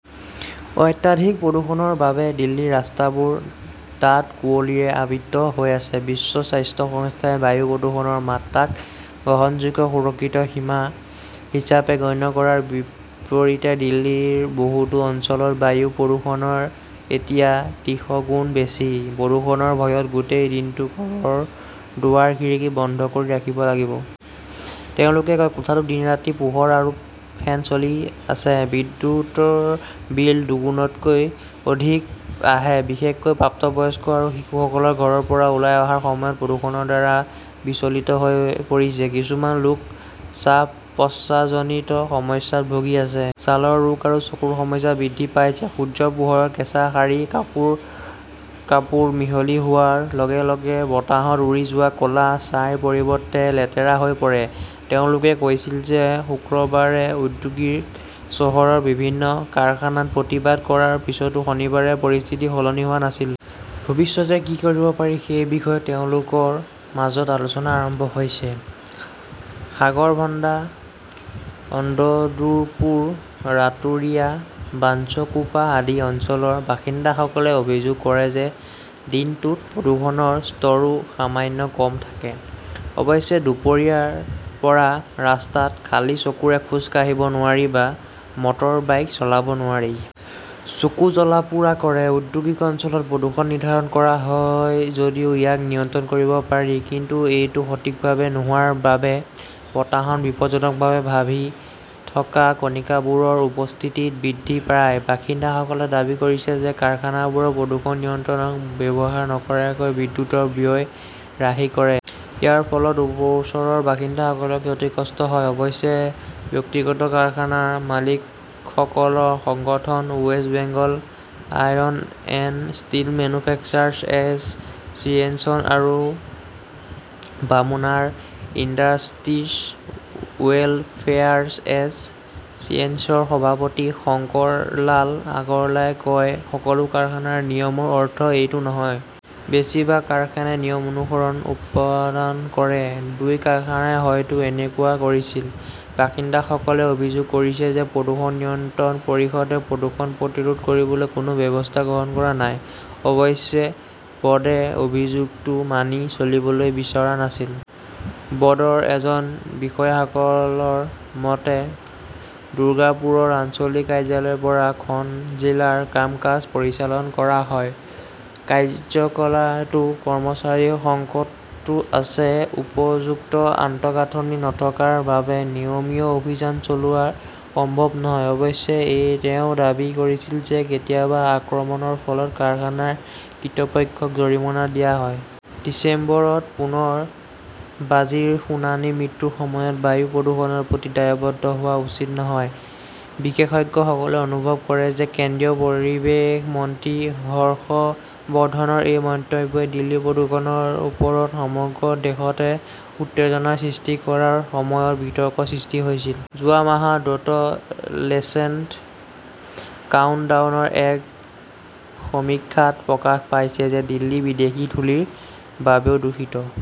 অত্যাধিক প্ৰদূষণৰ বাবে দিল্লীৰ ৰাস্তাবোৰ ডাঠ কুঁৱলীৰে আবৃত হৈ আছে। বিশ্ব স্বাস্থ্য সংস্থাই বায়ু প্ৰদূষণৰ মাত্ৰাক গ্ৰহণযোগ্য সুৰক্ষিত সীমা হিচাপে গণ্য কৰাৰ বিপৰীতে দিল্লীৰ বহুতো অঞ্চলত বায়ু প্ৰদূষণ এতিয়া ত্ৰিশগুণ বেছি। প্ৰদূষণৰ ভয়ত গোটেই দিনটো ঘৰৰ দুৱাৰ-খিৰিকী বন্ধ কৰি ৰাখিব লাগিব। তেওঁলোকে কয়, কোঠাটোত দিন-ৰাতি পোহৰ আৰু ফেন চলি আছে। বিদ্যুৎৰ বিল দুগুণতকৈও অধিক আহে। বিশেষকৈ প্ৰাপ্তবয়স্ক আৰু শিশুসকল ঘৰৰ পৰা ওলাই অহাৰ সময়ত প্ৰদূষণৰ দ্বাৰা বিচলিত হৈ পৰিছে। কিছুমান লোক শ্বাস-প্ৰশ্বাসজনিত সমস্যাত ভুগি আছে। ছালৰ ৰোগ আৰু চকুৰ সমস্যা বৃদ্ধি পাইছে। সূৰ্যৰ পোহৰত কেঁচা শাৰী, কাপোৰ-কাপোৰ মিহলি হোৱাৰ লগে-লগে বতাহত উৰি যোৱা ক'লা ছাইৰ পৰিৱৰ্তে লেতেৰা হৈ পৰে। তেওঁলোকে কৈছিল যে শুক্ৰবাৰে ঔদ্যোগিক চহৰৰ বিভিন্ন কাৰখানাত প্ৰতিবাদ কৰাৰ পিছতো শনিবাৰে পৰিস্থিতি সলনি হোৱা নাছিল। ভৱিষ্যতে কি কৰিব পাৰি সেই বিষয়ে তেওঁলোকৰ মাজত আলোচনা আৰম্ভ হৈছে। সাগৰভঙ্গা, অঙ্গদুৰপুৰ, ৰাতুৰিয়া, বাঞ্চকোপা আদি অঞ্চলৰ বাসিন্দাসকলে অভিযোগ কৰে যে দিনটোত প্ৰদূষণৰ স্তৰও সামান্য কম থাকে। অৱশ্যে, দুপৰীয়াৰ পৰা ৰাস্তাত খালী চকুৰে খোজ কাঢ়িব নোৱাৰি বা মটৰবাইক চলাব নোৱাৰি। চকু জ্বলা-পোৰা কৰে। ঔদ্যোগিক অঞ্চলত প্ৰদূষণ নিৰ্ধাৰণ কৰা হয় যদিও ইয়াক নিয়ন্ত্ৰণ কৰিব পাৰি। কিন্তু এইটো সঠিকভাৱে নোহোৱাৰ বাবে বতাহত বিপদজনকভাৱে ভাহি থকা কণাবোৰৰ উপস্থিতি বৃদ্ধি পায়। বাসিন্দাসকলে দাবী কৰিছে যে কাৰখানাবোৰে প্ৰদূষণ নিয়ন্ত্ৰক ব্যৱহাৰ নকৰাকৈ বিদ্যুৎৰ ব্যয় ৰাহি কৰে। ইয়াৰ ফলত ওচৰৰ বাসিন্দাসকল ক্ষতিগ্ৰস্ত হয়। অৱশ্যে, ব্যক্তিগত কাৰখানাৰ মালিকসকলৰ সংগঠন west Bengal iron and steel manufacturers S চিয়েশ্যন আৰু বামুনাৰা ইণ্ডাষ্ট্ৰীজ ৱেলফেয়াৰ এছ চিয়েশ্যনৰ সভাপতি শংকৰলাল আগৰৱালে কয়, সকলো কাৰখানাৰ নিয়মৰ অৰ্থ এইটো নহয়। বেছিভাগ কাৰখানাই নিয়ম অনুসৰণ উৎপাদন কৰে। দুটা কাৰখানাই হয়তো এনেকুৱা কৰিছিল। বাসিন্দাসকলে অভিযোগ কৰিছে যে প্ৰদূষণ নিয়ন্ত্ৰণ পৰিষদে প্ৰদূষণ প্ৰতিৰোধ কৰিবলৈ কোনো ব্যৱস্থা গ্ৰহণ কৰা নাই। অৱশ্যে বৰ্ডে অভিযোগটো মানি চলিবলৈ বিচৰা নাছিল। বৰ্ডৰ এজন বিষয়াসকলৰ মতে, দুৰ্গাপুৰৰ আঞ্চলিক কাৰ্যালয়ৰ পৰা খন জিলাৰ কাম-কাজ পৰিচালন কৰা হয়। কাৰ্যালয়টো কৰ্মচাৰীৰ সংকটত আছে। উপযুক্ত আন্তঃগাঁথনি নথকাৰ বাবে নিয়মীয়া অভিযান চলোৱাটো সম্ভৱ নহয়। অৱশ্যে, তেওঁ দাবী কৰিছিল যে কেতিয়াবা আক্ৰমণৰ ফলত কাৰখানাৰ কৰ্তৃপক্ষক জৰিমনা দিয়া হয়। ডিচেম্বৰত পুনৰ বাজিৰ শুনানি মৃত্যুৰ সময়ত বায়ু প্ৰদূষণৰ প্ৰতি দায়বদ্ধ হোৱা উচিত নহয়। বিশেষজ্ঞসকলে অনুভৱ কৰে যে কেন্দ্ৰীয় পৰিৱেশ মন্ত্ৰী হৰ্ষ বৰ্ধনৰ এই মন্তব্যই দিল্লীৰ প্ৰদূষণৰ ওপৰত সমগ্ৰ দেশতে উত্তেজনাৰ সৃষ্টি কৰাৰ সময়তে বিতৰ্কৰ সৃষ্টি কৰিছিল। ।যোৱা মাহত দ্য লেঞ্চেট কাউণ্টডাউনৰ এক সমীক্ষাত প্ৰকাশ পাইছে যে দিল্লী বিদেশী ধূলিৰ বাবেও দূষিত।